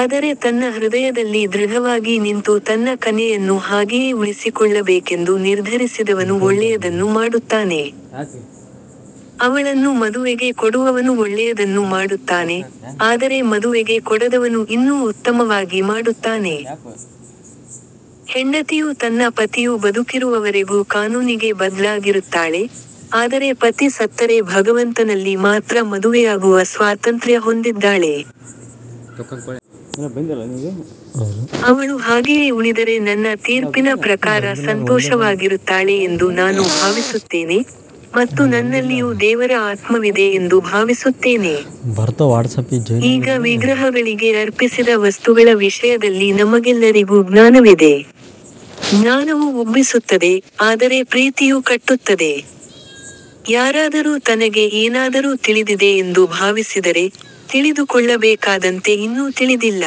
ಆದರೆ ತನ್ನ ಹೃದಯದಲ್ಲಿ ದೃಢವಾಗಿ ನಿಂತು ತನ್ನ ಕನ್ಯೆಯನ್ನು ಹಾಗೆಯೇ ಉಳಿಸಿಕೊಳ್ಳಬೇಕೆಂದು ನಿರ್ಧರಿಸಿದವನು ಒಳ್ಳೆಯದನ್ನು ಮಾಡುತ್ತಾನೆ. ಅವಳನ್ನು ಮದುವೆಗೆ ಕೊಡುವವನು ಒಳ್ಳೆಯದನ್ನು ಮಾಡುತ್ತಾನೆ, ಆದರೆ ಮದುವೆಗೆ ಕೊಡದವನು ಇನ್ನೂ ಉತ್ತಮವಾಗಿ ಮಾಡುತ್ತಾನೆ. ಹೆಂಡತಿಯು ತನ್ನ ಪತಿಯು ಬದುಕಿರುವವರೆಗೂ ಕಾನೂನಿಗೆ ಬದ್ಧಳಾಗಿರುತ್ತಾಳೆ, ಆದರೆ ಪತಿ ಸತ್ತರೆ ಭಗವಂತನಲ್ಲಿ ಮಾತ್ರ ಮದುವೆಯಾಗುವ ಸ್ವಾತಂತ್ರ್ಯ ಹೊಂದಿದ್ದಾಳೆ. ಅವಳು ಹಾಗೆಯೇ ಉಳಿದರೆ ನನ್ನ ತೀರ್ಪಿನ ಪ್ರಕಾರ ಸಂತೋಷವಾಗಿರುತ್ತಾಳೆ ಎಂದು ನಾನು ಭಾವಿಸುತ್ತೇನೆ, ಮತ್ತು ನನ್ನಲ್ಲಿಯೂ ದೇವರ ಆತ್ಮವಿದೆ ಎಂದು ಭಾವಿಸುತ್ತೇನೆ. ಈಗ ವಿಗ್ರಹಗಳಿಗೆ ಅರ್ಪಿಸಿದ ವಸ್ತುಗಳ ವಿಷಯದಲ್ಲಿ ನಮಗೆಲ್ಲರಿಗೂ ಜ್ಞಾನವಿದೆ. ಜ್ಞಾನವು ಉಬ್ಬಿಸುತ್ತದೆ, ಆದರೆ ಪ್ರೀತಿಯು ಕಟ್ಟುತ್ತದೆ. ಯಾರಾದರೂ ತನಗೆ ಏನಾದರೂ ತಿಳಿದಿದೆ ಎಂದು ಭಾವಿಸಿದರೆ, ತಿಳಿದುಕೊಳ್ಳಬೇಕಾದಂತೆ ಇನ್ನೂ ತಿಳಿದಿಲ್ಲ.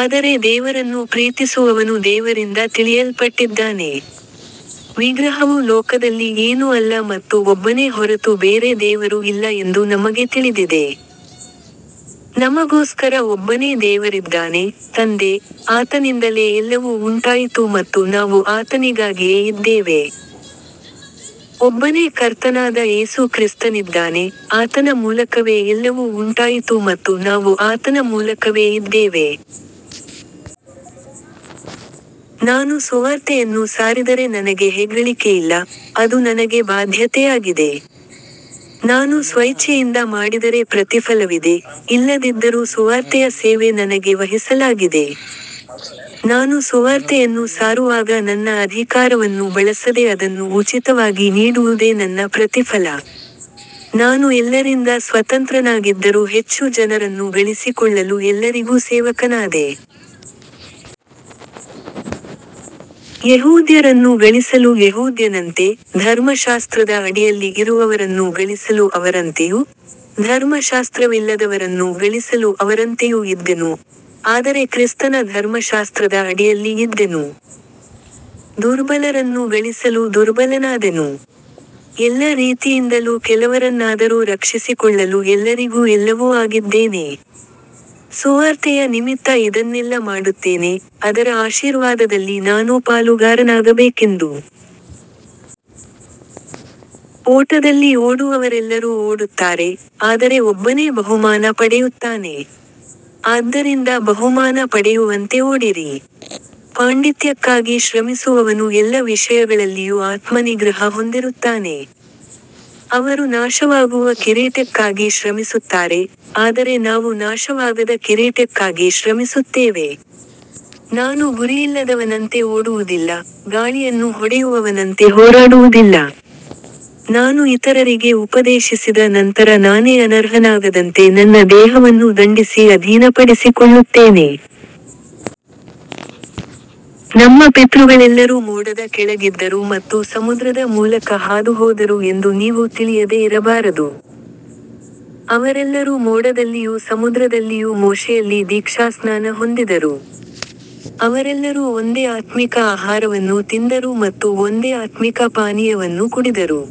ಆದರೆ ದೇವರನ್ನು ಪ್ರೀತಿಸುವವನು ದೇವರಿಂದ ತಿಳಿಯಲ್ಪಟ್ಟಿದ್ದಾನೆ. ವಿಗ್ರಹವು ಲೋಕದಲ್ಲಿ ಏನೂ ಅಲ್ಲ ಮತ್ತು ಒಬ್ಬನೇ ಹೊರತು ಬೇರೆ ದೇವರು ಇಲ್ಲ ಎಂದು ನಮಗೆ ತಿಳಿದಿದೆ. ನಮಗೋಸ್ಕರ ಒಬ್ಬನೇ ದೇವರಿದ್ದಾನೆ, ತಂದೆ, ಆತನಿಂದಲೇ ಎಲ್ಲವೂ ಉಂಟಾಯಿತು ಮತ್ತು ನಾವು ಆತನಿಗಾಗಿಯೇ ಇದ್ದೇವೆ. ಒಬ್ಬನೇ ಕರ್ತನಾದ ಯೇಸು ಕ್ರಿಸ್ತನಿದ್ದಾನೆ, ಆತನ ಮೂಲಕವೇ ಎಲ್ಲವೂ ಉಂಟಾಯಿತು ಮತ್ತು ನಾವು ಆತನ ಮೂಲಕವೇ ಇದ್ದೇವೆ. ನಾನು ಸುವಾರ್ತೆಯನ್ನು ಸಾರಿದರೆ ನನಗೆ ಹೆಗ್ಗಳಿಕೆಯಿಲ್ಲ, ಅದು ನನಗೆ ಬಾಧ್ಯತೆಯಾಗಿದೆ. ನಾನು ಸ್ವಇಚ್ಛೆಯಿಂದ ಮಾಡಿದರೆ ಪ್ರತಿಫಲವಿದೆ, ಇಲ್ಲದಿದ್ದರೂ ಸುವಾರ್ತೆಯ ಸೇವೆ ನನಗೆ ವಹಿಸಲಾಗಿದೆ. ನಾನು ಸುವಾರ್ತೆಯನ್ನು ಸಾರುವಾಗ ನನ್ನ ಅಧಿಕಾರವನ್ನು ಬಳಸದೆ ಅದನ್ನು ಉಚಿತವಾಗಿ ನೀಡುವುದೇ ನನ್ನ ಪ್ರತಿಫಲ. ನಾನು ಎಲ್ಲರಿಂದ ಸ್ವತಂತ್ರನಾಗಿದ್ದರೂ ಹೆಚ್ಚು ಜನರನ್ನು ಗಳಿಸಿಕೊಳ್ಳಲು ಎಲ್ಲರಿಗೂ ಸೇವಕನಾದೆ. ಯೆಹೂದ್ಯರನ್ನು ಗಳಿಸಲು ಯೆಹೂದ್ಯನಂತೆ, ಧರ್ಮಶಾಸ್ತ್ರದ ಅಡಿಯಲ್ಲಿ ಇರುವವರನ್ನು ಗಳಿಸಲು ಅವರಂತೆಯೂ, ಧರ್ಮಶಾಸ್ತ್ರವಿಲ್ಲದವರನ್ನು ಗಳಿಸಲು ಅವರಂತೆಯೂ ಇದ್ದೆನು, ಆದರೆ ಕ್ರಿಸ್ತನ ಧರ್ಮಶಾಸ್ತ್ರದ ಅಡಿಯಲ್ಲಿ ಇದ್ದೆನು. ದುರ್ಬಲರನ್ನು ಗಳಿಸಲು ದುರ್ಬಲನಾದೆನು. ಎಲ್ಲ ರೀತಿಯಿಂದಲೂ ಕೆಲವರನ್ನಾದರೂ ರಕ್ಷಿಸಿಕೊಳ್ಳಲು ಎಲ್ಲರಿಗೂ ಎಲ್ಲವೂ ಆಗಿದ್ದೇನೆ. ಸುವಾರ್ತೆಯ ನಿಮಿತ್ತ ಇದನ್ನೆಲ್ಲ ಮಾಡುತ್ತೇನೆ, ಅದರ ಆಶೀರ್ವಾದದಲ್ಲಿ ನಾನೂ ಪಾಲುಗಾರನಾಗಬೇಕೆಂದು. ಓಟದಲ್ಲಿ ಓಡುವವರೆಲ್ಲರೂ ಓಡುತ್ತಾರೆ, ಆದರೆ ಒಬ್ಬನೇ ಬಹುಮಾನ ಪಡೆಯುತ್ತಾನೆ. ಆದ್ದರಿಂದ ಬಹುಮಾನ ಪಡೆಯುವಂತೆ ಓಡಿರಿ. ಪಾಂಡಿತ್ಯಕ್ಕಾಗಿ ಶ್ರಮಿಸುವವನು ಎಲ್ಲ ವಿಷಯಗಳಲ್ಲಿಯೂ ಆತ್ಮನಿಗ್ರಹ ಹೊಂದಿರುತ್ತಾನೆ. ಅವರು ನಾಶವಾಗುವ ಕಿರೀಟಕ್ಕಾಗಿ ಶ್ರಮಿಸುತ್ತಾರೆ, ಆದರೆ ನಾವು ನಾಶವಾಗದ ಕಿರೀಟಕ್ಕಾಗಿ ಶ್ರಮಿಸುತ್ತೇವೆ. ನಾನು ಗುರಿಯಿಲ್ಲದವನಂತೆ ಓಡುವುದಿಲ್ಲ, ಗಾಳಿಯನ್ನು ಹೊಡೆಯುವವನಂತೆ ಹೋರಾಡುವುದಿಲ್ಲ. ನಾನು ಇತರರಿಗೆ ಉಪದೇಶಿಸಿದ ನಂತರ ನಾನೇ ಅನರ್ಹನಾಗದಂತೆ ನನ್ನ ದೇಹವನ್ನು ದಂಡಿಸಿ ಅಧೀನಪಡಿಸಿಕೊಳ್ಳುತ್ತೇನೆ. ನಮ್ಮ ಪಿತೃಗಳೆಲ್ಲರೂ ಮೋಡದ ಕೆಳಗಿದ್ದರು ಮತ್ತು ಸಮುದ್ರದ ಮೂಲಕ ಹಾದುಹೋದರು ಎಂದು ನೀವು ತಿಳಿಯದೆ ಇರಬಾರದು. ಅವರೆಲ್ಲರೂ ಮೋಡದಲ್ಲಿಯೂ ಸಮುದ್ರದಲ್ಲಿಯೂ ಮೋಶೆಯಲ್ಲಿ ದೀಕ್ಷಾಸ್ನಾನ ಹೊಂದಿದರು. ಅವರೆಲ್ಲರೂ ಒಂದೇ ಆತ್ಮಿಕ ಆಹಾರವನ್ನು ತಿಂದರು ಮತ್ತು ಒಂದೇ ಆತ್ಮಿಕ ಪಾನೀಯವನ್ನು ಕುಡಿದರು.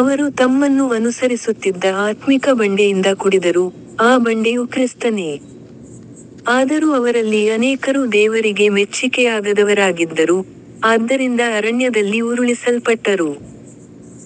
ಅವರು ತಮ್ಮನ್ನು ಅನುಸರಿಸುತ್ತಿದ್ದ ಆತ್ಮಿಕ ಬಂಡೆಯಿಂದ ಕುಡಿದರು, ಆ ಬಂಡೆಯು ಕ್ರಿಸ್ತನೇ. ಆದರೂ ಅವರಲ್ಲಿ ಅನೇಕರು ದೇವರಿಗೆ ಮೆಚ್ಚಿಕೆಯಾಗದವರಾಗಿದ್ದರು, ಆದ್ದರಿಂದ ಅರಣ್ಯದಲ್ಲಿ ಉರುಳಿಸಲ್ಪಟ್ಟರು.